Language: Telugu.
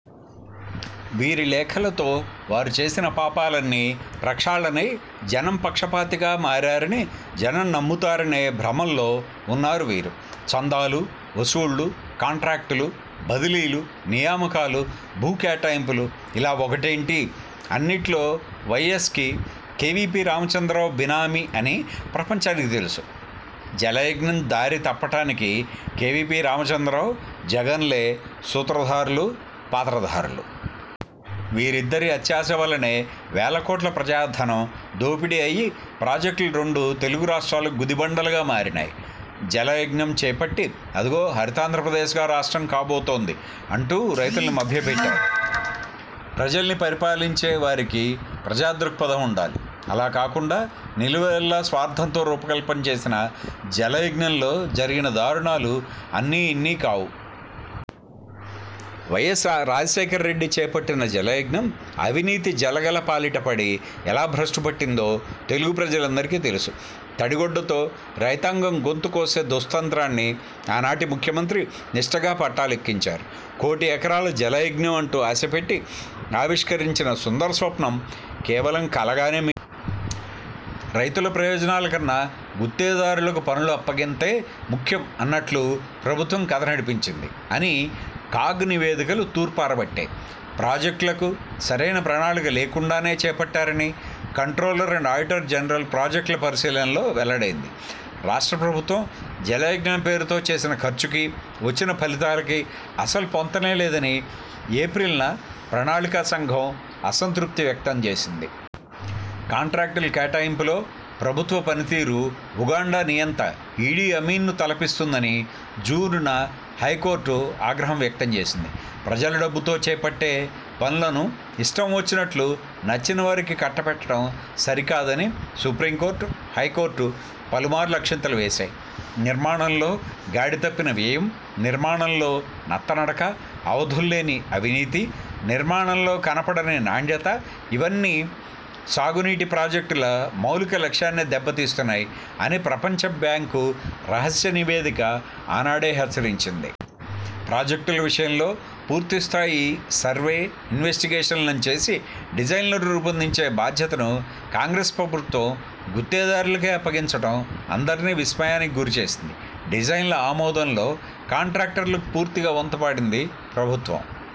వీరి లేఖలతో వారు చేసిన పాపాలన్నీ ప్రక్షాళనై జనం పక్షపాతిగా మారారని జనం నమ్ముతారనే భ్రమల్లో వున్నారు వీరు. చందాలు, వసూళ్లు, కాంట్రాక్టులు, బదిలీలు, నియామకాలు, భూకేటాయింపులు ఇలా ఒకటేంటి అన్నిటిలో వైఎస్కి, కేవీపీ రామచంద్రరావు బినామీ అని ప్రపంచానికి తెలుసు. జలయజ్ఞం దారి తప్పటానికి కేవీపీ రామచంద్రరావు, జగన్లే సూత్రధారులు, పాత్రధారులు. వీరిద్దరి అత్యాశ వల్లనే వేలకోట్ల ప్రజాధనం దోపిడీ అయి ప్రాజెక్టులు రెండు తెలుగు రాష్ట్రాలకు గుదిబండలుగా మారాయి. జలయజ్ఞం చేపట్టి అదిగో హరితాంధ్రప్రదేశ్గా రాష్ట్రం కాబోతుంది అంటూ రైతుల్ని మభ్యపెట్టారు. ప్రజల్ని పరిపాలించే వారికి ప్రజా దృక్పథం వుండాలి. అలా కాకుండా నిలువెల్లా స్వార్థంతో రూపకల్పన చేసిన జలయజ్ఞంలో జరిగిన దారుణాలు అన్నీ ఇన్ని కావు. వైఎస్ రాజశేఖర్ రెడ్డి చేపట్టిన జలయజ్ఞం అవినీతి జలగలపాలిట పడి ఎలా భ్రష్టుపట్టిందో తెలుగు ప్రజలందరికీ తెలుసు. తడి గుడ్డతో రైతాంగం గొంతు కోసే దుస్తంత్రాన్ని ఆనాటి ముఖ్యమంత్రి నిష్టగా పట్టాలు ఎక్కించారు. కోటి ఎకరాల జలయజ్ఞం అంటూ ఆశపెట్టి ఆవిష్కరించిన సుందర స్వప్నం కేవలం కలగానే మిగిలిపోయింది. రైతుల ప్రయోజనాల కన్నా గుత్తేదారులకు పనుల అప్పగింతే ముఖ్యం అన్నట్లు ప్రభుత్వం కథ నడిపించింది అని కాగ్ నివేదికలు తూర్పార పట్టాయి. ప్రాజెక్టులను సరైన ప్రణాళిక లేకుండానే చేపట్టారని కంప్ర్టోలర్ అండ్ ఆడిటర్ జనరల్ ప్రాజెక్టుల పరిశీలనలో వెల్లడైంది. రాష్ట్ర ప్రభుత్వం జలయజ్ఞం పేరుతో చేసిన ఖర్చుకి, వచ్చిన ఫలితాలకు అసలు పొంతనే లేదని ఏప్రిల్ న ప్రణాళికా సంఘం అసంతృప్తి వ్యక్తంచేసింది. కాంట్రాక్టులు కేటాయింపులో ప్రభుత్వ పనితీరు ఉగాండా నియంత ఇడీ అమీన్ను తలపిస్తుందని జూన్ న హైకోర్టు ఆగ్రహం వ్యక్తం చేసింది. ప్రజల డబ్బుతో చేపట్టే పనులను ఇష్టం వచ్చినట్లు నచ్చినవారికి కట్టబెట్టడం సరికాదని సుప్రీంకోర్టు, హైకోర్టు పలుమార్లు అక్షింతలు వేశాయి. నిర్మాణంలో గాడి తప్పిన వ్యయం, నిర్మాణంలో నత్త నడక, అవధులు లేని అవినీతి, నిర్మాణంలో కనపడని నాణ్యత ఇవన్నీ సాగునీటి ప్రాజెక్టుల మౌలిక లక్ష్యాన్నే దెబ్బతీస్తున్నాయి అని ప్రపంచ బ్యాంకు రహస్య నివేదిక ఆనాడే హెచ్చరించింది. ప్రాజెక్టుల విషయంలో పూర్తిస్థాయి సర్వే ఇన్వెస్టిగేషన్లను చేసి డిజైన్లను రూపొందించే బాధ్యతను కాంగ్రెస్ ప్రభుత్వం గుత్తేదారులకే అప్పగించడం అందర్నీ విస్మయానికి గురిచేసింది. డిజైన్ల ఆమోదంలో కాంట్రాక్టర్లకు పూర్తిగా వంత పాడింది ప్రభుత్వం.